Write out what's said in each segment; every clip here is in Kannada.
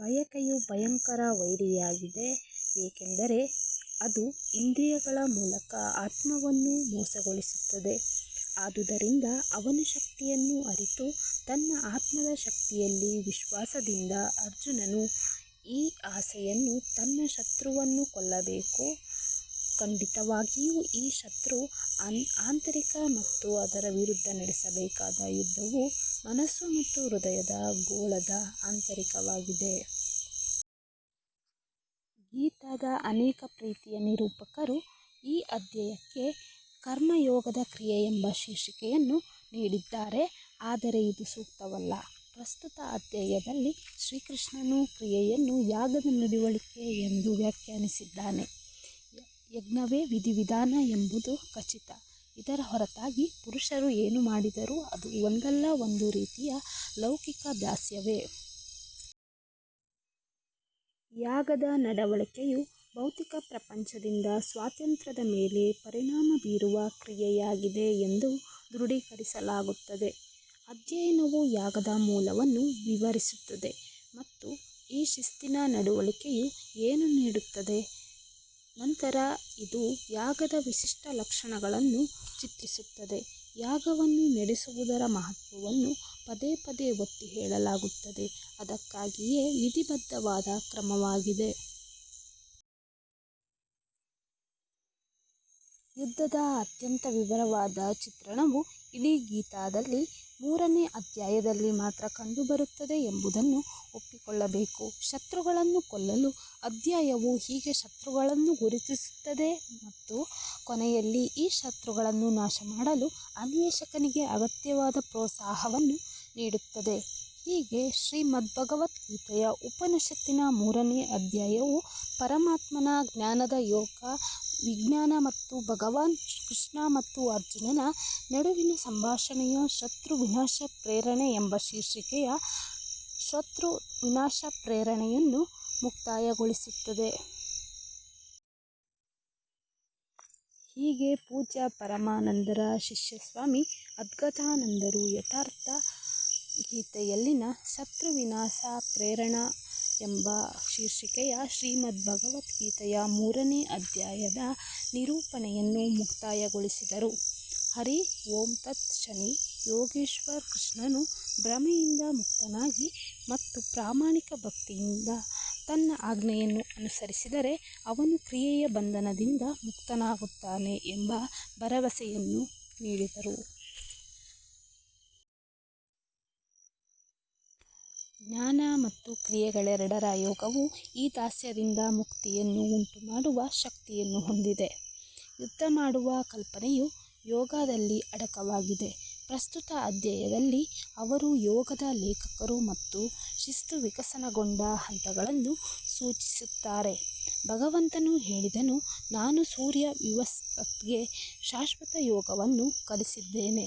ಬಯಕೆಯು ಭಯಂಕರ ವೈರಿಯಾಗಿದೆ ಏಕೆಂದರೆ ಅದು ಇಂದ್ರಿಯಗಳ ಮೂಲಕ ಆತ್ಮವನ್ನು ಮೋಸಗೊಳಿಸುತ್ತದೆ. ಆದುದರಿಂದ ಅವನ ಶಕ್ತಿಯನ್ನು ಅರಿತು ತನ್ನ ಆತ್ಮದ ಶಕ್ತಿಯಲ್ಲಿ ವಿಶ್ವಾಸದಿಂದ ಅರ್ಜುನನು ಈ ಆಸೆಯನ್ನು ತನ್ನ ಶತ್ರುವನ್ನು ಕೊಲ್ಲಬೇಕು. ಖಂಡಿತವಾಗಿಯೂ ಈ ಶತ್ರು ಆಂತರಿಕ ಮತ್ತು ಅದರ ವಿರುದ್ಧ ನಡೆಸಬೇಕಾದ ಯುದ್ಧವು ಮನಸ್ಸು ಮತ್ತು ಹೃದಯದ ಗೋಳದ ಆಂತರಿಕವಾಗಿದೆ. ಗೀತಾದ ಅನೇಕ ಪ್ರೀತಿಯ ನಿರೂಪಕರು ಈ ಅಧ್ಯಾಯಕ್ಕೆ ಕರ್ಮ ಯೋಗದ ಕ್ರಿಯೆ ಎಂಬ ಶೀರ್ಷಿಕೆಯನ್ನು ನೀಡಿದ್ದಾರೆ ಆದರೆ ಇದು ಸೂಕ್ತವಲ್ಲ. ಪ್ರಸ್ತುತ ಅಧ್ಯಾಯದಲ್ಲಿ ಶ್ರೀಕೃಷ್ಣನು ಕ್ರಿಯೆಯನ್ನು ಯಾಗದ ನಡವಳಿಕೆ ಎಂದು ವ್ಯಾಖ್ಯಾನಿಸಿದ್ದಾನೆ. ಯಜ್ಞವೇ ವಿಧಿ ವಿಧಾನ ಎಂಬುದು ಖಚಿತ. ಇದರ ಹೊರತಾಗಿ ಪುರುಷರು ಏನು ಮಾಡಿದರೂ ಅದು ಒಂದಲ್ಲ ಒಂದು ರೀತಿಯ ಲೌಕಿಕ ದಾಸ್ಯವೇ. ಯಾಗದ ನಡವಳಿಕೆಯು ಭೌತಿಕ ಪ್ರಪಂಚದಿಂದ ಸ್ವಾತಂತ್ರ್ಯದ ಮೇಲೆ ಪರಿಣಾಮ ಬೀರುವ ಕ್ರಿಯೆಯಾಗಿದೆ ಎಂದು ದೃಢೀಕರಿಸಲಾಗುತ್ತದೆ. ಅಧ್ಯಾಯವು ಯಾಗದ ಮೂಲವನ್ನು ವಿವರಿಸುತ್ತದೆ ಮತ್ತು ಈ ಶಿಸ್ತಿನ ನಡವಳಿಕೆಯು ಏನು ನೀಡುತ್ತದೆ. ನಂತರ ಇದು ಯಾಗದ ವಿಶಿಷ್ಟ ಲಕ್ಷಣಗಳನ್ನು ಚಿತ್ರಿಸುತ್ತದೆ. ಯಾಗವನ್ನು ನಡೆಸುವುದರ ಮಹತ್ವವನ್ನು ಪದೇ ಪದೇ ಒತ್ತಿಹೇಳಲಾಗುತ್ತದೆ ಅದಕ್ಕಾಗಿಯೇ ವಿಧಿಬದ್ಧವಾದ ಕ್ರಮವಾಗಿದೆ. ಯುದ್ಧದ ಅತ್ಯಂತ ವಿವರವಾದ ಚಿತ್ರಣವು ಇಡೀ ಗೀತಾದಲ್ಲಿ ಮೂರನೇ ಅಧ್ಯಾಯದಲ್ಲಿ ಮಾತ್ರ ಕಂಡುಬರುತ್ತದೆ ಎಂಬುದನ್ನು ಒಪ್ಪಿಕೊಳ್ಳಬೇಕು. ಶತ್ರುಗಳನ್ನು ಕೊಲ್ಲಲು ಅಧ್ಯಾಯವು ಹೀಗೆ ಶತ್ರುಗಳನ್ನು ಗುರುತಿಸುತ್ತದೆ ಮತ್ತು ಕೊನೆಯಲ್ಲಿ ಈ ಶತ್ರುಗಳನ್ನು ನಾಶಮಾಡಲು ಅನ್ವೇಷಕನಿಗೆ ಅಗತ್ಯವಾದ ಪ್ರೋತ್ಸಾಹವನ್ನು ನೀಡುತ್ತದೆ. ಹೀಗೆ ಶ್ರೀಮದ್ಭಗವದ್ಗೀತೆಯ ಉಪನಿಷತ್ತಿನ ಮೂರನೆಯ ಅಧ್ಯಾಯವು ಪರಮಾತ್ಮನ ಜ್ಞಾನದ ಯೋಗ ವಿಜ್ಞಾನ ಮತ್ತು ಭಗವಾನ್ ಕೃಷ್ಣ ಮತ್ತು ಅರ್ಜುನನ ನಡುವಿನ ಸಂಭಾಷಣೆಯ ಶತ್ರು ವಿನಾಶ ಪ್ರೇರಣೆ ಎಂಬ ಶೀರ್ಷಿಕೆಯ ಶತೃ ವಿನಾಶ ಪ್ರೇರಣೆಯನ್ನು ಮುಕ್ತಾಯಗೊಳಿಸುತ್ತದೆ. ಹೀಗೆ ಪೂಜ್ಯ ಪರಮಾನಂದರ ಶಿಷ್ಯ ಸ್ವಾಮಿ ಅದ್ಗದಾನಂದರು ಯಥಾರ್ಥ ಗೀತೆಯಲ್ಲಿನ ಶತ್ರು ವಿನಾಶ ಪ್ರೇರಣಾ ಎಂಬ ಶೀರ್ಷಿಕೆಯ ಶ್ರೀಮದ್ಭಗವದ್ಗೀತೆಯ ಮೂರನೇ ಅಧ್ಯಾಯದ ನಿರೂಪಣೆಯನ್ನು ಮುಕ್ತಾಯಗೊಳಿಸಿದರು. ಹರಿ ಓಂ ತತ್ ಶನಿ. ಯೋಗೇಶ್ವರ್ ಕೃಷ್ಣನು ಭ್ರಮೆಯಿಂದ ಮುಕ್ತನಾಗಿ ಮತ್ತು ಪ್ರಾಮಾಣಿಕ ಭಕ್ತಿಯಿಂದ ತನ್ನ ಆಜ್ಞೆಯನ್ನು ಅನುಸರಿಸಿದರೆ ಅವನು ಕ್ರಿಯೆಯ ಬಂಧನದಿಂದ ಮುಕ್ತನಾಗುತ್ತಾನೆ ಎಂದು ಭರವಸೆ ನೀಡಿದರು. ಜ್ಞಾನ ಮತ್ತು ಕ್ರಿಯೆಗಳೆರಡರ ಯೋಗವು ಈ ದಾಸ್ಯದಿಂದ ಮುಕ್ತಿಯನ್ನು ಉಂಟುಮಾಡುವ ಶಕ್ತಿಯನ್ನು ಹೊಂದಿದೆ. ಯುದ್ಧ ಮಾಡುವ ಕಲ್ಪನೆಯು ಯೋಗದಲ್ಲಿ ಅಡಕವಾಗಿದೆ. ಪ್ರಸ್ತುತ ಅಧ್ಯಾಯದಲ್ಲಿ ಅವರು ಯೋಗದ ಲೇಖಕರು ಮತ್ತು ಈ ಶಿಸ್ತು ವಿಕಸನಗೊಂಡ ಹಂತಗಳನ್ನು ಸೂಚಿಸುತ್ತಾರೆ. ಭಗವಂತನು ಹೇಳಿದನು ನಾನು ಸೂರ್ಯ ವಿವಸ್ವತ್ಗೆ ಶಾಶ್ವತ ಯೋಗವನ್ನು ಕಲಿಸಿದ್ದೇನೆ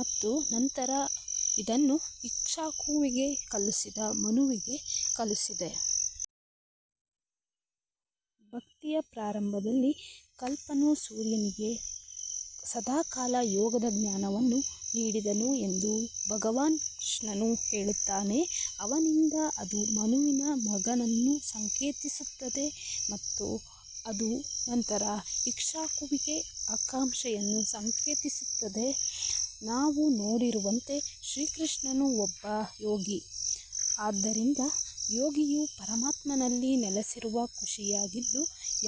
ಮತ್ತು ನಂತರ ಅದನ್ನು ಇಕ್ಷ್ವಾಕುವಿಗೆ ಕಲಿಸಿದ ಮನುವಿಗೆ ಕಲಿಸಿದೆ. ಭಕ್ತಿಯ ಪ್ರಾರಂಭದಲ್ಲಿ ಕಲ್ಪನು ಸೂರ್ಯನಿಗೆ ಸದಾಕಾಲ ಯೋಗದ ಜ್ಞಾನವನ್ನು ನೀಡಿದನು ಎಂದು ಭಗವಾನ್ ಕೃಷ್ಣನು ಹೇಳುತ್ತಾನೆ ಅವನಿಂದ ಅದು ಮನುವಿನ ಮಗನನ್ನು ಸಂಕೇತಿಸುತ್ತದೆ ಮತ್ತು ನಂತರ ಇಕ್ಷ್ವಾಕುವಿಗೆ ಆಕಾಂಕ್ಷೆಯನ್ನು ಸಂಕೇತಿಸುತ್ತದೆ. ನಾವು ನೋಡಿರುವಂತೆ ಶ್ರೀಕೃಷ್ಣನು ಒಬ್ಬ ಯೋಗಿ. ಆದ್ದರಿಂದ ಯೋಗಿಯು ಪರಮಾತ್ಮನಲ್ಲಿ ನೆಲೆಸಿರುವ ಋಷಿಯಾಗಿದ್ದು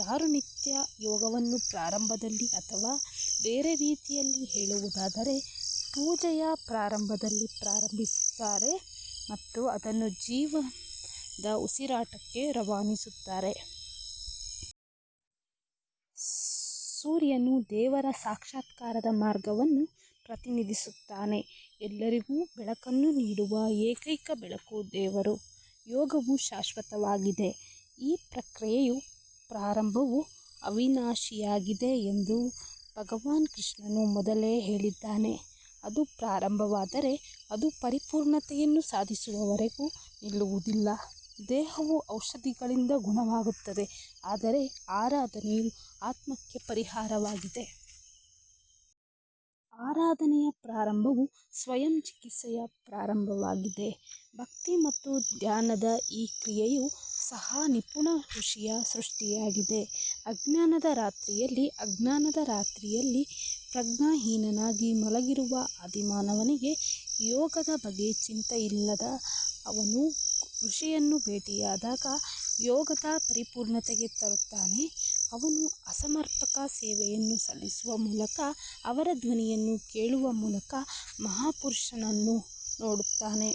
ಯಾರು ನಿತ್ಯ ಯೋಗವನ್ನು ಪ್ರಾರಂಭದಲ್ಲಿ ಅಥವಾ ಬೇರೆ ರೀತಿಯಲ್ಲಿ ಹೇಳುವುದಾದರೆ ಪೂಜೆಯ ಪ್ರಾರಂಭದಲ್ಲಿ ಪ್ರಾರಂಭಿಸುತ್ತಾರೆ ಮತ್ತು ಅದನ್ನು ಜೀವನದ ಉಸಿರಾಟಕ್ಕೆ ರವಾನಿಸುತ್ತಾರೆ. ಸೂರ್ಯನು ದೇವರ ಸಾಕ್ಷಾತ್ಕಾರದ ಮಾರ್ಗವನ್ನು ಪ್ರತಿನಿಧಿಸುತ್ತಾನೆ. ಎಲ್ಲರಿಗೂ ಬೆಳಕನ್ನು ನೀಡುವ ಏಕೈಕ ಬೆಳಕು ದೇವರು. ಯೋಗವು ಶಾಶ್ವತವಾಗಿದೆ. ಈ ಪ್ರಕ್ರಿಯೆಯ ಪ್ರಾರಂಭವು ಅವಿನಾಶಿಯಾಗಿದೆ ಎಂದು ಭಗವಾನ್ ಕೃಷ್ಣನು ಮೊದಲೇ ಹೇಳಿದ್ದಾನೆ. ಅದು ಪ್ರಾರಂಭವಾದರೆ ಅದು ಪರಿಪೂರ್ಣತೆಯನ್ನು ಸಾಧಿಸುವವರೆಗೆ ನಿಲ್ಲುವುದಿಲ್ಲ. ದೇಹವು ಔಷಧಿಗಳಿಂದ ಗುಣವಾಗುತ್ತದೆ ಆದರೆ ಆರಾಧನೆಯು ಆತ್ಮಕ್ಕೆ ಪರಿಹಾರವಾಗಿದೆ. ಆರಾಧನೆಯ ಪ್ರಾರಂಭವು ಸ್ವಯಂ ಚಿಕಿತ್ಸೆಯ ಪ್ರಾರಂಭವಾಗಿದೆ. ಭಕ್ತಿ ಮತ್ತು ಧ್ಯಾನದ ಈ ಕ್ರಿಯೆಯು ಸಹ ನಿಪುಣ ಋಷಿಯ ಸೃಷ್ಟಿಯಾಗಿದೆ. ಅಜ್ಞಾನದ ರಾತ್ರಿಯಲ್ಲಿ ಅಜ್ಞಾನದ ರಾತ್ರಿಯಲ್ಲಿ ಪ್ರಜ್ಞಾಹೀನನಾಗಿ ಮಲಗಿರುವ ಆದಿಮಾನವನಿಗೆ ಯೋಗದ ಬಗ್ಗೆ ಚಿಂತನೆಯಿಲ್ಲದ ಅವನು ಋಷಿಯನ್ನು ಭೇಟಿಯಾದಾಗ ಯೋಗದ ಪರಿಪೂರ್ಣತೆಗೆ ತರುತ್ತಾನೆ ಅವನು ಅಸಮರ್ಪಕ ಸೇವೆಯನ್ನು ಸಲ್ಲಿಸುವ ಮೂಲಕ ಅವರ ಧ್ವನಿಯನ್ನು ಕೇಳುವ ಮೂಲಕ ಮಹಾಪುರುಷನನ್ನು ನೋಡುತ್ತಾನೆ.